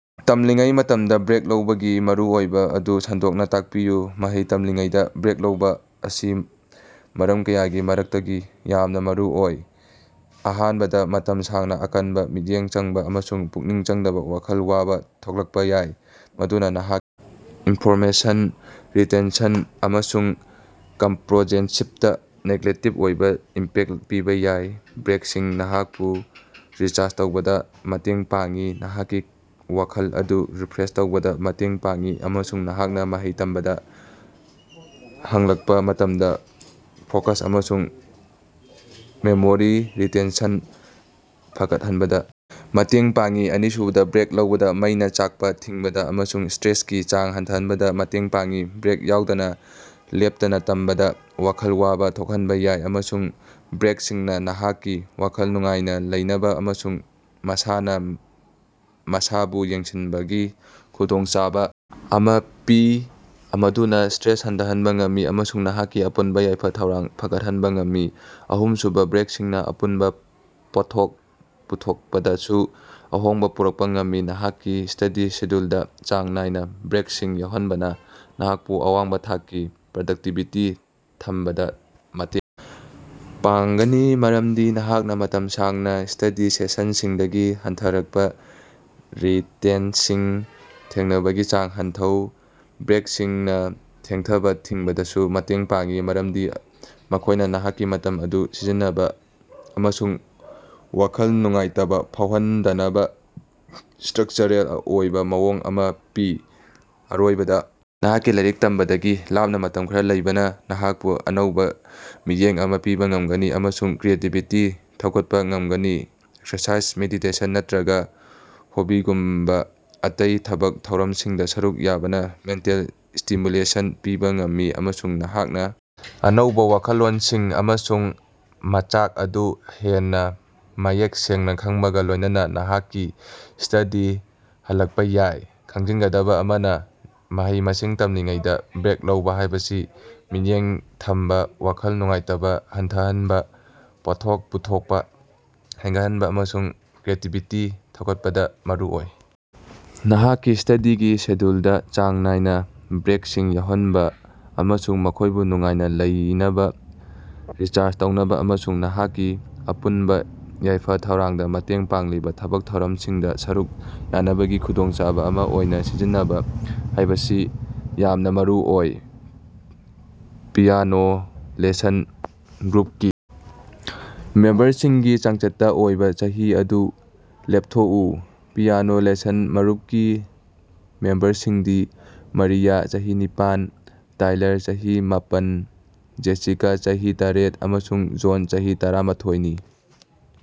ꯇꯝꯂꯤꯉꯩ ꯃꯇꯝꯗ ꯕ꯭ꯔꯦꯛ ꯂꯧꯕꯒꯤ ꯃꯔꯨꯑꯣꯏꯕ ꯑꯗꯨ ꯁꯟꯗꯣꯛꯅ ꯇꯥꯛꯄꯤꯌꯨ꯫ ꯃꯍꯩ ꯇꯝꯂꯤꯉꯩꯗ ꯕ꯭ꯔꯦꯛ ꯂꯧꯕ ꯑꯁꯤ ꯃꯔꯝ ꯀꯌꯥꯒꯤ ꯃꯔꯛꯇꯒꯤ ꯌꯥꯝꯅ ꯃꯔꯨꯑꯣꯏ꯫ ꯑꯍꯥꯟꯕꯗ, ꯃꯇꯝ ꯁꯥꯡꯅ ꯑꯀꯟꯕ ꯃꯤꯠꯌꯦꯡ ꯆꯪꯕ ꯑꯃꯁꯨꯡ ꯄꯨꯛꯅꯤꯡ ꯆꯪꯕꯅ ꯋꯥꯈꯜ ꯋꯥꯕ ꯊꯣꯛꯍꯜꯂꯛꯄ ꯌꯥꯏ, ꯃꯗꯨꯅ ꯅꯍꯥꯛꯀꯤ ꯏꯟꯐꯣꯔꯃꯦꯁꯟ ꯔꯤꯇꯦꯟꯁꯟ ꯑꯃꯁꯨꯡ ꯀꯝꯄ꯭ꯔꯣꯍꯦꯟꯁꯤꯞꯇ ꯅꯦꯒꯦꯇꯤꯚ ꯑꯣꯏꯕ ꯏꯝꯄꯦꯛ ꯄꯤꯕ ꯌꯥꯏ꯫ ꯕ꯭ꯔꯦꯛꯁꯤꯡꯅ ꯅꯍꯥꯛꯄꯨ ꯔꯤꯆꯥꯔꯖ ꯇꯧꯕꯗ ꯃꯇꯦꯡ ꯄꯥꯡꯏ, ꯅꯍꯥꯛꯀꯤ ꯋꯥꯈꯜ ꯑꯗꯨ ꯔꯤꯐ꯭ꯔꯦꯁ ꯇꯧꯕꯗ ꯃꯇꯦꯡ ꯄꯥꯡꯏ ꯑꯃꯁꯨꯡ ꯅꯍꯥꯛꯅ ꯃꯍꯩ ꯇꯝꯕꯗ ꯍꯜꯂꯛꯄ ꯃꯇꯝꯗ ꯐꯣꯀꯁ ꯑꯃꯁꯨꯡ ꯃꯦꯃꯣꯔꯤ ꯔꯤꯇꯦꯟꯁꯟ ꯐꯒꯠꯍꯟꯕꯗ ꯃꯇꯦꯡ ꯄꯥꯡꯏ꯫ ꯑꯅꯤꯁꯨꯕꯗ, ꯕ꯭ꯔꯦꯛ ꯂꯧꯕꯅ ꯃꯩꯅ ꯆꯥꯛꯄ ꯊꯤꯡꯕꯗ ꯑꯃꯁꯨꯡ ꯁꯇ꯭ꯔꯦꯁꯀꯤ ꯆꯥꯡ ꯍꯟꯊꯍꯟꯕꯗ ꯃꯇꯦꯡ ꯄꯥꯡꯏ꯫ ꯕ꯭ꯔꯦꯛ ꯌꯥꯎꯗꯅ ꯂꯦꯞꯇꯅ ꯇꯝꯕꯅ ꯋꯥꯈꯜ ꯋꯥꯕ ꯊꯣꯛꯍꯟꯕ ꯌꯥꯏ ꯑꯃꯁꯨꯡ ꯕ꯭ꯔꯦꯛꯁꯤꯡꯅ ꯅꯍꯥꯛꯀꯤ ꯋꯥꯈꯜ ꯅꯨꯡꯉꯥꯏꯅ ꯂꯩꯅꯕ ꯑꯃꯁꯨꯡ ꯃꯁꯥꯅ ꯃꯁꯥꯕꯨ ꯌꯦꯡꯁꯤꯟꯖꯕꯒꯤ ꯈꯨꯗꯣꯡꯆꯥꯕ ꯑꯃ ꯄꯤ, ꯃꯗꯨꯅ ꯁꯇ꯭ꯔꯦꯁ ꯍꯟꯊꯍꯟꯕ ꯉꯝꯃꯤ ꯑꯃꯁꯨꯡ ꯅꯍꯥꯛꯀꯤ ꯑꯄꯨꯟꯕ ꯌꯥꯏꯐ-ꯊꯧꯔꯥꯡ ꯐꯒꯠꯍꯟꯕ ꯉꯝꯃꯤ꯫ ꯑꯍꯨꯝꯁꯨꯕ, ꯕ꯭ꯔꯦꯛꯁꯤꯡꯅ ꯑꯄꯨꯟꯕ ꯄꯣꯠꯊꯣꯛ ꯄꯨꯊꯣꯛꯄꯗꯁꯨ ꯑꯍꯣꯡꯕ ꯄꯨꯔꯛꯄ ꯉꯝꯒꯅꯤ꯫ ꯅꯍꯥꯛꯀꯤ ꯁ꯭ꯇꯗꯤ ꯁꯦꯗ꯭ꯌꯨꯜꯗ ꯆꯥꯡ ꯅꯥꯏꯅ ꯕ꯭ꯔꯦꯛꯁꯤꯡ ꯌꯥꯎꯍꯟꯕꯅ ꯅꯍꯥꯛꯄꯨ ꯑꯋꯥꯡꯕ ꯊꯥꯛꯀꯤ ꯄ꯭ꯔꯗꯛꯇꯤꯕꯤꯇꯤ ꯊꯝꯕꯗ ꯃꯇꯦꯡ ꯄꯥꯡꯒꯅꯤ, ꯃꯔꯝꯗꯤ ꯅꯍꯥꯛꯅ ꯃꯇꯝ ꯁꯥꯡꯅ ꯁ꯭ꯇꯗꯤ ꯁꯦꯁꯟꯁꯤꯡꯗꯒꯤ ꯍꯟꯊꯔꯛꯄ ꯔꯤꯇꯦꯟꯁꯤꯡ ꯊꯦꯡꯅꯕꯒꯤ ꯆꯥꯡ ꯍꯟꯊꯩ꯫ ꯕ꯭ꯔꯦꯛꯁꯤꯡꯅ ꯊꯦꯡꯊꯕ ꯊꯤꯡꯕꯗꯁꯨ ꯃꯇꯦꯡ ꯄꯥꯡꯏ, ꯃꯔꯝꯗꯤ ꯃꯈꯣꯏꯅ ꯅꯍꯥꯛꯀꯤ ꯃꯇꯝ ꯑꯗꯨ ꯁꯤꯖꯤꯟꯅꯅꯕ ꯑꯃꯁꯨꯡ ꯋꯥꯈꯜ ꯅꯨꯡꯉꯥꯏꯇꯕ ꯐꯥꯎꯍꯟꯗꯅꯕ ꯁꯇ꯭ꯔꯛꯆꯔꯦꯜ ꯑꯣꯏꯕ ꯃꯑꯣꯡ ꯑꯃ ꯄꯤ꯫ ꯑꯔꯣꯏꯕꯗ, ꯅꯍꯥꯛꯀꯤ ꯂꯥꯏꯔꯤꯛ ꯇꯝꯕꯗꯒꯤ ꯂꯥꯞꯅ ꯃꯇꯝ ꯈꯔ ꯂꯩꯕꯅ ꯅꯍꯥꯛꯄꯨ ꯑꯅꯧꯕ ꯃꯤꯠꯌꯦꯡ ꯑꯃ ꯄꯤꯕ ꯉꯝꯒꯅꯤ ꯑꯃꯁꯨꯡ ꯀ꯭ꯔꯤꯌꯦꯇꯤꯕꯤꯇꯤ ꯊꯧꯒꯠꯄ ꯉꯝꯒꯅꯤ꯫ ꯑꯦꯛꯁꯔꯁꯥꯏꯖ, ꯃꯦꯗꯤꯇꯦꯁꯟ ꯅꯠꯇ꯭ꯔꯒ ꯍꯣꯕꯤꯒꯨꯝꯕ ꯑꯇꯩ ꯊꯕꯛ ꯊꯧꯔꯝ ꯁꯤꯡꯗ ꯁꯔꯨꯛ ꯌꯥꯕꯅ ꯃꯦꯟꯇꯦꯜ ꯁ꯭ꯇꯤꯃ꯭ꯌꯨꯂꯦꯁꯟ ꯄꯤꯕ ꯉꯝꯃꯤ ꯑꯃꯁꯨꯡ ꯅꯍꯥꯛꯅ ꯑꯅꯧꯕ ꯋꯥꯈꯜꯂꯣꯟꯁꯤꯡ ꯑꯃꯁꯨꯡ ꯃꯆꯥꯛ ꯑꯗꯨ ꯍꯦꯟꯅ ꯃꯌꯦꯛ ꯁꯦꯡꯅ ꯈꯪꯕꯒ ꯂꯣꯏꯅꯅ ꯅꯍꯥꯛꯀꯤ ꯁ꯭ꯇꯗꯤꯗ ꯍꯜꯂꯛꯄ ꯌꯥꯏ꯫ ꯈꯪꯖꯤꯟꯒꯗꯕ ꯑꯃꯅ, ꯃꯍꯩ-ꯃꯁꯤꯡ ꯇꯝꯂꯤꯉꯩꯗꯥ ꯕ꯭ꯔꯦꯛ ꯂꯧꯕ ꯍꯥꯏꯕꯁꯤ ꯃꯤꯠꯌꯦꯡ ꯊꯝꯕ, ꯋꯥꯈꯜ ꯅꯨꯡꯉꯥꯏꯇꯕ ꯍꯟꯊꯍꯟꯕ, ꯄꯣꯠꯊꯣꯛ ꯄꯨꯊꯣꯛꯄ ꯍꯦꯟꯒꯠꯍꯟꯕ ꯑꯃꯁꯨꯡ ꯀ꯭ꯔꯤꯌꯦꯇꯤꯕꯤꯇꯤ ꯊꯧꯒꯠꯄꯗ ꯃꯔꯨꯑꯣꯏ꯫ ꯅꯍꯥꯛꯀꯤ ꯁ꯭ꯇꯗꯤꯒꯤ ꯁꯦꯗ꯭ꯌꯨꯜꯗ ꯆꯥꯡ ꯅꯥꯏꯅ ꯕ꯭ꯔꯦꯛꯁꯤꯡ ꯌꯥꯎꯍꯟꯕ ꯑꯃꯁꯨꯡ ꯃꯈꯣꯏꯕꯨ ꯅꯨꯡꯉꯥꯏꯅ ꯂꯩꯅꯕ, ꯔꯤꯆꯥꯔꯖ ꯇꯧꯅꯕ ꯑꯃꯁꯨꯡ ꯅꯍꯥꯛꯀꯤ ꯑꯄꯨꯟꯕ ꯌꯥꯏꯐ-ꯊꯧꯔꯥꯡꯗ ꯃꯇꯦꯡ ꯄꯥꯡꯂꯤꯕ ꯊꯕꯛ ꯊꯧꯔꯝꯁꯤꯡꯗ ꯁꯔꯨꯛ ꯌꯥꯅꯕꯒꯤ ꯈꯨꯗꯣꯡꯆꯥꯕ ꯑꯃ ꯑꯣꯏꯅ ꯁꯤꯖꯤꯟꯅꯕ ꯍꯥꯏꯕꯁꯤ ꯌꯥꯝꯅ ꯃꯔꯨꯑꯣꯏ꯫ "ꯄꯤꯌꯥꯅꯣ ꯂꯦꯁꯟ ꯒ꯭ꯔꯨꯞ"ꯀꯤ ꯃꯦꯝꯕꯔꯁꯤꯡꯒꯤ ꯆꯥꯡꯆꯠꯇ ꯑꯣꯏꯕ ꯆꯍꯤ ꯑꯗꯨ ꯂꯦꯞꯊꯣꯛꯎ꯫ "ꯄꯤꯌꯥꯅꯣ ꯂꯦꯁꯟ ꯒ꯭ꯔꯨꯞ"ꯀꯤ ꯃꯦꯝꯕꯔꯁꯤꯡꯗꯤ ꯃꯥꯔꯤꯌꯥ (ꯆꯍꯤ ꯅꯤꯄꯥꯟ), ꯇꯥꯏꯂꯔ (ꯆꯍꯤ ꯃꯥꯄꯟ), ꯖꯦꯁꯤꯀꯥ (ꯆꯍꯤ ꯇꯔꯦꯠ) ꯑꯃꯁꯨꯡ ꯖꯣꯟ (ꯆꯍꯤ ꯇꯔꯥꯃꯥꯊꫭꯏ)ꯅꯤ꯫